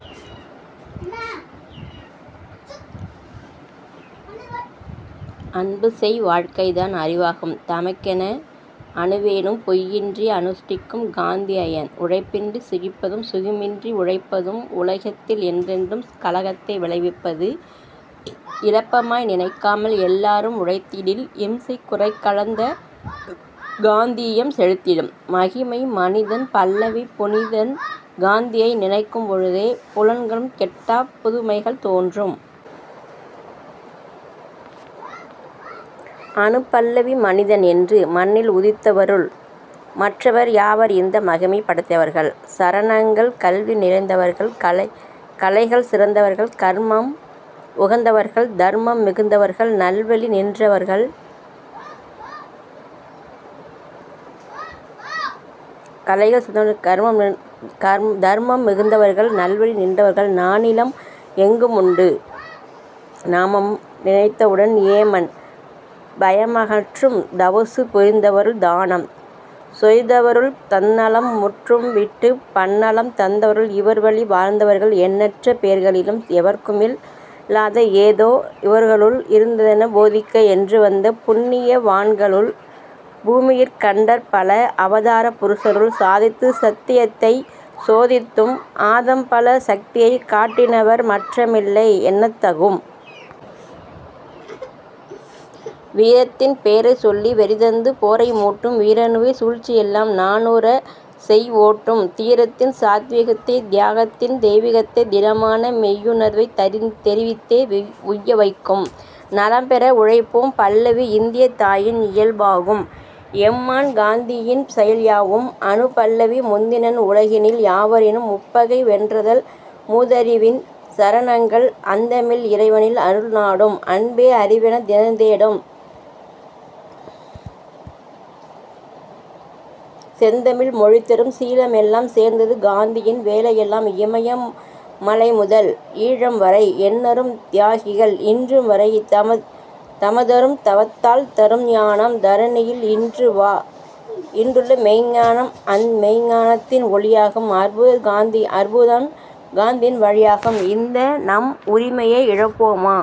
அன்புசெய் வாழ்க்கைதான் அறிவாகும் தமக்கென அணுவேனும் பொய்யின்றி அனுஷ்டிக்கும் காந்திஐயன். உழைப்பின்றிச் சுகிப்பதும் சுகமின்றி உழைப்பதும் உலகத்தில் என்றென்றும் கலகத்தை விளைவிப்பது. இளப்பமாய் நினைக்காமல் எல்லாரும் உழைத்திடில் இம்சை குறைக்கவந்த காந்தீயம் செழித்திடும்.. மகிமை மனிதன் பல்லவி புனிதன் காந்தியை நினைக்கும் பொழுதே புலன்களுக் கெட்டாப் புதுமைகள் தோன்றும். அநுபல்லவி மனிதன் என்று மண்ணில் உதித்தவருள் மற்றவர் யாவர்இந்த மகிமை படைத்தவர்கள்? சரணங்கள் கல்வி நிறைந்தவர்கள் கலைகள் சிறந்தவர்கள் கர்மம் உகந்தவர்கள் தர்மம் மிகுந்தவர்கள் நல்வழி நின்றவர்கள் நானிலம் எங்குமுண்டு நாமம் நினைத்தவுடன் ஏமன் பயமகற்றும். தவசு புரிந்தவருள் தானம் சொரிந்தவருள் தந்நலம் முற்றும்விட்டுப் பன்னலம் தந்தவருள் இவர்வழி வாழ்ந்தவர்கள் எண்ணற்ற பேர்களிலும் எவர்க்குமில் லாதஎதோ இவர்க்குள் இருந்ததென போதிக்க என்றுவந்த புண்ணிய வான்களுக்குள் பூமியிற் கண்டபல அவதார புருஷருள் சாதித்துச் சத்தியத்தைச் சோதித்தும் ஆதம்பல சக்தியைக் காட்டினவர் மற்றில்லை என்னத்தகும்.. வீரத்தின் பேரைச்சொல்லி வெறிதந்து போரைமூட்டும் வீணுரை சூழ்ச்சியெல்லாம் நாணுறச் செய்ஓட்டும் தீரத்தின் சாத்வீகத்தைத் த்யாகத்தின் தெய்விகத்தைத் திடமான மெய்யுணர்வைத் தெரிவித்தே உய்யவைக்கும்.. நலம் பெற உழைப்போம் பல்லவி இந்தியத் தாயின் இயல்பாகும் எம்மான் காந்தியின் செயல்யாவும். அநுபல்லவி முந்தினள் உலகினில் யாவரினும் முப்பகை வென்றநல் மூதறிவின் சரணங்கள் அந்தமில் இறைவனின் அருள்நாடும் அன்பே அறிவெனத் தினம்தேடும் செந்தமிழ் மொழிதரும் சீலமெலாம் சேர்ந்தது காந்தியின் வேலையெல்லாம் இமயம் மலைமுதல் ஈழம்வரை எண்ணரும் த்யாகிகள் இன்றுவரை தமதரும் தவத்தால் தரும்ஞானம் தரணியில் இன்றுள மெய்ஞ்ஞானம் அந்தமெய்ஞ் ஞானத்தின் ஒளியாகும் அற்புதன் காந்தியின் வழியாகும் இந்தநம் உரிமையை இழப்போமோ?